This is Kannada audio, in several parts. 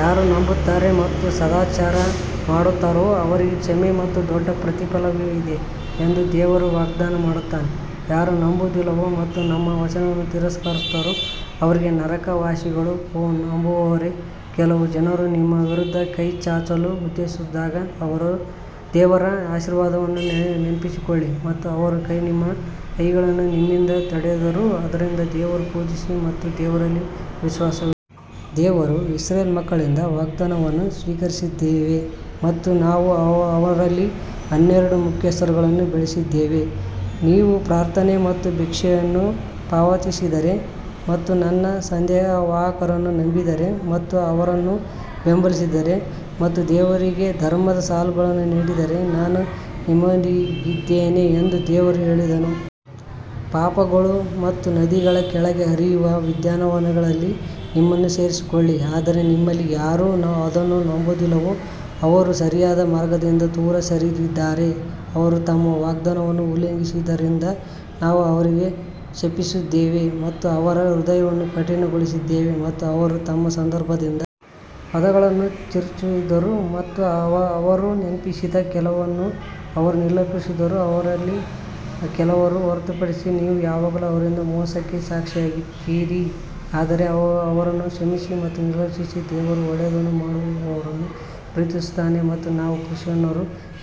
ಯಾರು ನಂಬುತ್ತಾರೆ ಮತ್ತು ಸದಾಚಾರ ಮಾಡುತ್ತಾರೆಯೋ ಅವರಿಗೆ ಕ್ಷಮೆ ಮತ್ತು ದೊಡ್ಡ ಪ್ರತಿಫಲವಿದೆ ಎಂದು ದೇವರು ವಾಗ್ದಾನ ಮಾಡಿದ್ದಾನೆ ಯಾರು ನಂಬುವುದಿಲ್ಲವೋ ಮತ್ತು ನಮ್ಮ ವಚನಗಳನ್ನು ತಿರಸ್ಕರಿಸುತ್ತಾರೋ ಅವರೇ ನರಕವಾಸಿಗಳು ಓ ನಂಬುವವರೇ, ಕೆಲವು ಜನರು ನಿಮ್ಮ ವಿರುದ್ಧ ಕೈಚಾಚಲು ಉದ್ದೇಶಿಸಿದಾಗ ದೇವರ ಆಶೀರ್ವಾದವನ್ನು ನೆನಪಿಸಿಕೊಳ್ಳಿ ಮತ್ತು ಅವರು ನಿಮ್ಮ ಕೈಗಳನ್ನು ನಿಮ್ಮಿಂದ ತಡೆದರು ಆದ್ದರಿಂದ ದೇವರನ್ನು ಪೂಜಿಸಿ ಮತ್ತು ದೇವರಲ್ಲಿ ವಿಶ್ವಾಸವಿಡಲಿ. ದೇವರು ಇಸ್ರೇಲ್ ಮಕ್ಕಳಿಂದ ವಾಗ್ದಾನವನ್ನು ಸ್ವೀಕರಿಸಿದ್ದೇವೆ ಮತ್ತು ನಾವು ಅವರಲ್ಲಿ ಹನ್ನೆರಡು ಮುಖ್ಯಸ್ಥರನ್ನು ಬೆಳೆಸಿದ್ದೇವೆ, ನೀವು ಪ್ರಾರ್ಥನೆ ಮತ್ತು ಭಿಕ್ಷೆಯನ್ನು ಪಾವತಿಸಿದರೆ ಮತ್ತು ನನ್ನ ಸಂದೇಶವಾಹಕರನ್ನು ನಂಬಿದರೆ ಮತ್ತು ಅವರನ್ನು ಬೆಂಬಲಿಸಿದರೆ ಮತ್ತು ದೇವರಿಗೆ ಧರ್ಮದ ಸಾಲವನ್ನು ನೀಡಿದರೆ ನಾನು ನಿಮ್ಮೊಂದಿಗಿದ್ದೇನೆ ಎಂದು ದೇವರು ಹೇಳಿದನು. ಪಾಪಗಳು ಮತ್ತು ನದಿಗಳ ಕೆಳಗೆ ಹರಿಯುವ ಉದ್ಯಾನವನಗಳಲ್ಲಿ ನಿಮ್ಮನ್ನು ಸೇರಿಸಿಕೊಳ್ಳಿ ಆದರೆ ನಿಮ್ಮಲ್ಲಿ ಯಾರು ಅದನ್ನು ನಂಬುವುದಿಲ್ಲವೋ ಅವರು ಸರಿಯಾದ ಮಾರ್ಗದಿಂದ ದೂರ ಸರಿದಿದ್ದಾರೆ ಅವರು ತಮ್ಮ ವಾಗ್ದಾನವನ್ನು ಉಲ್ಲಂಘಿಸಿದ್ದರಿಂದ ನಾವು ಅವರನ್ನು ಶಪಿಸಿದ್ದೇವೆ ಮತ್ತು ಅವರ ಹೃದಯವನ್ನು ಕಠಿಣಗೊಳಿಸಿದ್ದೇವೆ ಮತ್ತು ಅವರು ತಮ್ಮ ಸಂದರ್ಭದಿಂದ ಪದಗಳನ್ನು ತಿರುಚಿದರು ಮತ್ತು ಅವರು ನೆನಪಿಸಿದ ಕೆಲವನ್ನು ಅವರು ನಿರ್ಲಕ್ಷಿಸಿದರು ಅವರಲ್ಲಿ ಕೆಲವರನ್ನು ಹೊರತುಪಡಿಸಿ ನೀವು ಯಾವಾಗಲೂ ಅವರಿಂದ ಮೋಸಕ್ಕೆ ಸಾಕ್ಷಿಯಾಗುತ್ತೀರಿ ಆದರೆ ಅವರನ್ನು ಕ್ಷಮಿಸಿ ಮತ್ತು ನಿರ್ಲಕ್ಷಿಸಿ ದೇವರು ಒಳ್ಳೆಯದನ್ನು ಮಾಡುವವರನ್ನು ಪ್ರೀತಿಸುತ್ತಾನೆ ಮತ್ತು ನಾವು ಕ್ರಿಶ್ಚಿಯನ್ನರು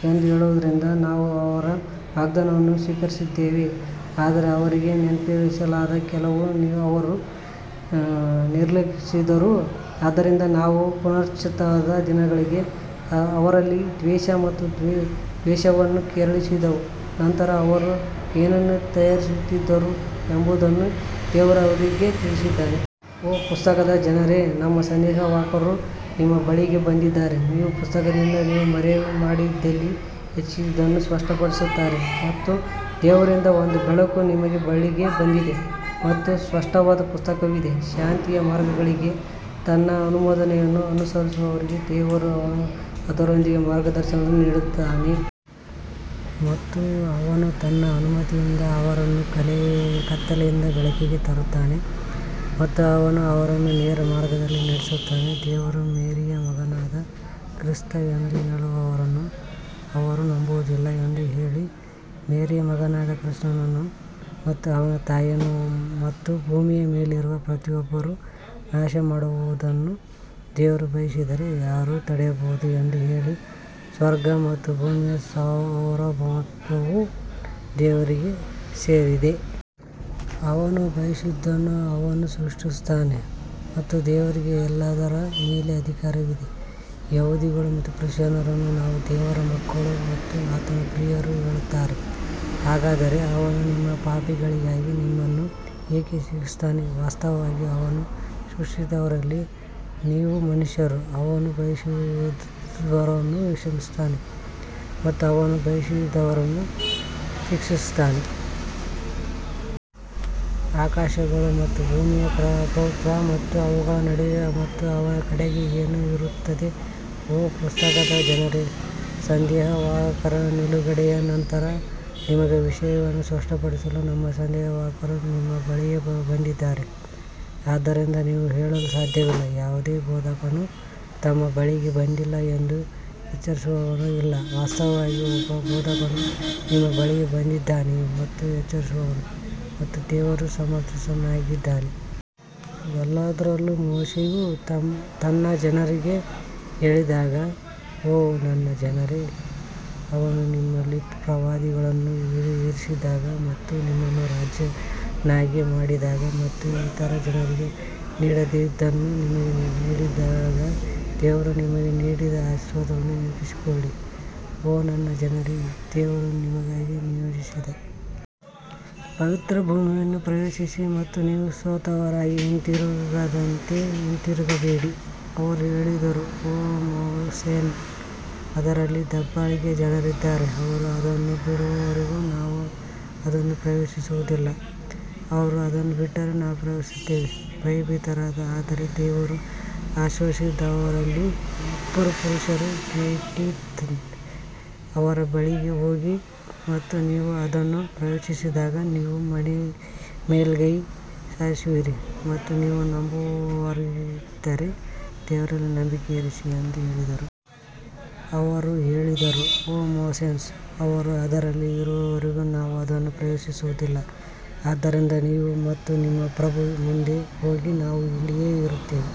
ಎಂದು ಹೇಳುವವರಿಂದ ನಾವು ಅವರ ವಾಗ್ದಾನವನ್ನು ಸ್ವೀಕರಿಸಿದ್ದೇವೆ ಆದರೆ ಅವರಿಗೆ ನೆನಪಿಸಲಾದ ಕೆಲವನ್ನು ಅವರು ನಿರ್ಲಕ್ಷಿಸಿದರು ಆದ್ದರಿಂದ ನಾವು ಪುನರುತ್ಥಾನದ ದಿನದವರೆಗೆ ಅವರಲ್ಲಿ ದ್ವೇಷ ಮತ್ತು ದ್ವೇಷವನ್ನು ಕೆರಳಿಸಿದೆವು ನಂತರ ಅವರು ಏನನ್ನು ತಯಾರಿಸುತ್ತಿದ್ದರು ಎಂಬುದನ್ನು ದೇವರು ಅವರಿಗೆ ತಿಳಿಸುತ್ತಾನೆ. ಓ ಪುಸ್ತಕದ ಜನರೇ, ನಮ್ಮ ಸಂದೇಶವಾಹಕರು ನಿಮ್ಮ ಬಳಿಗೆ ಬಂದಿದ್ದಾರೆ, ನೀವು ಪುಸ್ತಕದಿಂದ ನೀವು ಮರೆಮಾಡಿದ್ದಲ್ಲಿ ಹೆಚ್ಚಿನದನ್ನು ಸ್ಪಷ್ಟಪಡಿಸುತ್ತಾರೆ ಮತ್ತು ದೇವರಿಂದ ಒಂದು ಬೆಳಕು ನಿಮ್ಮ ಬಳಿಗೆ ಬಂದಿದೆ ಮತ್ತು ಸ್ಪಷ್ಟವಾದ ಪುಸ್ತಕವಿದೆ. ಶಾಂತಿಯ ಮಾರ್ಗಗಳಿಗೆ ತನ್ನ ಅನುಮೋದನೆಯನ್ನು ಅನುಸರಿಸುವವರಿಗೆ ದೇವರು ಅದರೊಂದಿಗೆ ಮಾರ್ಗದರ್ಶನ ನೀಡುತ್ತಾನೆ ಮತ್ತು ಅವನು ತನ್ನ ಅನುಮತಿಯಿಂದ ಅವರನ್ನು ಕತ್ತಲೆಯಿಂದ ಬೆಳಕಿಗೆ ತರುತ್ತಾನೆ ಮತ್ತು ಅವನು ಅವರನ್ನು ನೇರ ಮಾರ್ಗದಲ್ಲಿ ನಡೆಸುತ್ತಾನೆ ದೇವರು ಮೇರಿಯ ಮಗನಾದ ಕ್ರಿಸ್ತ ಎಂದು ಹೇಳುವವರನ್ನು ಅವರು ನಂಬುವುದಿಲ್ಲ ಎಂದು ಹೇಳಿ, ಮೇರಿಯ ಮಗನಾದ ಕ್ರಿಸ್ತನನ್ನು ಮತ್ತು ಅವನ ತಾಯಿಯನ್ನು ಮತ್ತು ಭೂಮಿಯ ಮೇಲಿರುವ ಪ್ರತಿಯೊಬ್ಬರನ್ನು ನಾಶಮಾಡುವುದನ್ನು ದೇವರು ಬಯಸಿದರೆ ಯಾರು ತಡೆಯಬಹುದು ಎಂದು ಹೇಳಿ, ಸ್ವರ್ಗ ಮತ್ತು ಭೂಮಿಯ ಸಾರ್ವಭೌಮತ್ವವು ದೇವರಿಗೆ ಸೇರಿದೆ. ಅವನು ಬಯಸಿದ್ದನ್ನು ಅವನು ಸೃಷ್ಟಿಸುತ್ತಾನೆ ಮತ್ತು ದೇವರಿಗೆ ಎಲ್ಲದರ ಮೇಲೆ ಅಧಿಕಾರವಿದೆ ಯಹೂದಿಗಳು ಮತ್ತು ಕ್ರಿಶ್ಚಿಯನ್ನರು ನಾವು ದೇವರ ಮಕ್ಕಳು ಮತ್ತು ಆತನ ಪ್ರಿಯರು ಹೇಳುತ್ತಾರೆ, ಹಾಗಾದರೆ ಅವನು ನಿಮ್ಮ ಪಾಪಗಳಿಗಾಗಿ ನಿಮ್ಮನ್ನು ಏಕೆ ಶಿಕ್ಷಿಸುತ್ತಾನೆ, ವಾಸ್ತವವಾಗಿ ಅವನು ಸೃಷ್ಟಿಸಿದವರಲ್ಲಿ ನೀವು ಮನುಷ್ಯರು, ಅವನು ಬಯಸಿದವರನ್ನು ಕ್ಷಮಿಸುತ್ತಾನೆ ಮತ್ತು ಅವನು ಬಯಸಿದವರನ್ನು ಶಿಕ್ಷಿಸುತ್ತಾನೆ. ಆಕಾಶಗಳು ಮತ್ತು ಭೂಮಿಯ ಪ್ರಭುತ್ವ ಮತ್ತು ಅವುಗಳ ನಡುವೆ ಮತ್ತು ಅವನ ಕಡೆಗೆ ಏನು ಇರುತ್ತದೆ ಓ ಪುಸ್ತಕದ ಜನರೇ, ಸಂದೇಶವಾಹಕರ ನಿಲುಗಡೆಯ ನಂತರ ನಿಮಗೆ ವಿಷಯಗಳನ್ನು ಸ್ಪಷ್ಟಪಡಿಸಲು ನಮ್ಮ ಸಂದೇಶವಾಹಕರು ನಿಮ್ಮ ಬಳಿಗೆ ಬಂದಿದ್ದಾರೆ, ಆದ್ದರಿಂದ ನೀವು ಹೇಳಲು ಸಾಧ್ಯವಿಲ್ಲ, ಯಾವುದೇ ಬೋಧಕನು ನಮ್ಮ ಬಳಿಗೆ ಬಂದಿಲ್ಲ ಮತ್ತು ಎಚ್ಚರಿಸುವವನೂ ಇಲ್ಲ ವಾಸ್ತವವಾಗಿ ಒಬ್ಬ ಬೋಧಕನು ನಿಮ್ಮ ಬಳಿಗೆ ಬಂದಿದ್ದಾನೆ ಮತ್ತು ಎಚ್ಚರಿಸುವವನು ಮತ್ತು ದೇವರು ಸಮರ್ಥನಾಗಿದ್ದಾನೆ. ಎಲ್ಲದರಲ್ಲೂ ಮೋಶೆಯು ತನ್ನ ಜನರಿಗೆ ಹೇಳಿದಾಗ ಓ ನನ್ನ ಜನರೇ, ಅವನು ನಿಮ್ಮಲ್ಲಿ ಪ್ರವಾದಿಗಳನ್ನು ಇರಿಸಿದಾಗ ಮತ್ತು ನಿಮ್ಮನ್ನು ರಾಜರನ್ನಾಗಿ ಮಾಡಿದಾಗ ಮತ್ತು ಇತರ ಜನರಿಗೆ ನೀಡದಿದ್ದನ್ನು ನಿಮಗೆ ನೀಡಿದಾಗ ದೇವರು ನಿಮಗೆ ನೀಡಿದ ಆಶೀರ್ವಾದವನ್ನು ನೆನಪಿಸಿಕೊಳ್ಳಿ. ಓ ನನ್ನ ಜನರೇ, ದೇವರು ನಿಮಗಾಗಿ ನಿಯೋಜಿಸಿದ ಪವಿತ್ರ ಭೂಮಿಯನ್ನು ಪ್ರವೇಶಿಸಿ ಮತ್ತು ನೀವು ಸೋತವರಾಗಿ ಹಿಂತಿರುಗದಂತೆ ಹಿಂತಿರುಗಬೇಡಿ ಅವರು ಹೇಳಿದರು ಓ ಮೋಸೆಸ್ ಅದರಲ್ಲಿ ದಬ್ಬಾಳಿಕೆಯ ಜನರಿದ್ದಾರೆ ಅವರು ಅದನ್ನು ಬಿಡುವವರೆಗೂ ನಾವು ಅದನ್ನು ಪ್ರವೇಶಿಸುವುದಿಲ್ಲ ಅವರು ಅದನ್ನು ಬಿಟ್ಟರೆ ನಾವು ಪ್ರವೇಶಿಸುತ್ತೇವೆ ಭಯಭೀತರಾದ ಆದರೆ ದೇವರು ಆಶೀರ್ವದಿಸಿದವರಲ್ಲಿ ಇಬ್ಬರು ಪುರುಷರು ಗೇಟ್ನಿಂದ ಅವರ ಬಳಿಗೆ ಹೋಗಿ ಮತ್ತು ನೀವು ಅದನ್ನು ಪ್ರವೇಶಿಸಿದಾಗ ನೀವು ಮೇಲುಗೈ ಸಾಧಿಸುವಿರಿ ಮತ್ತು ನೀವು ನಂಬುವವರಾಗಿದ್ದರೆ ದೇವರಲ್ಲಿ ನಂಬಿಕೆ ಇರಿಸಿ ಎಂದು ಹೇಳಿದರು. ಅವರು ಹೇಳಿದರು ಓ ಮೋಸೆಸ್ ಅವರು ಅದರಲ್ಲಿ ಇರುವವರೆಗೂ ನಾವು ಅದನ್ನು ಪ್ರವೇಶಿಸುವುದಿಲ್ಲ ಆದ್ದರಿಂದ ನೀವು ಮತ್ತು ನಿಮ್ಮ ಪ್ರಭು ಮುಂದೆ ಹೋಗಿ ನಾವು ಇಲ್ಲಿಯೇ ಇರುತ್ತೇವೆ.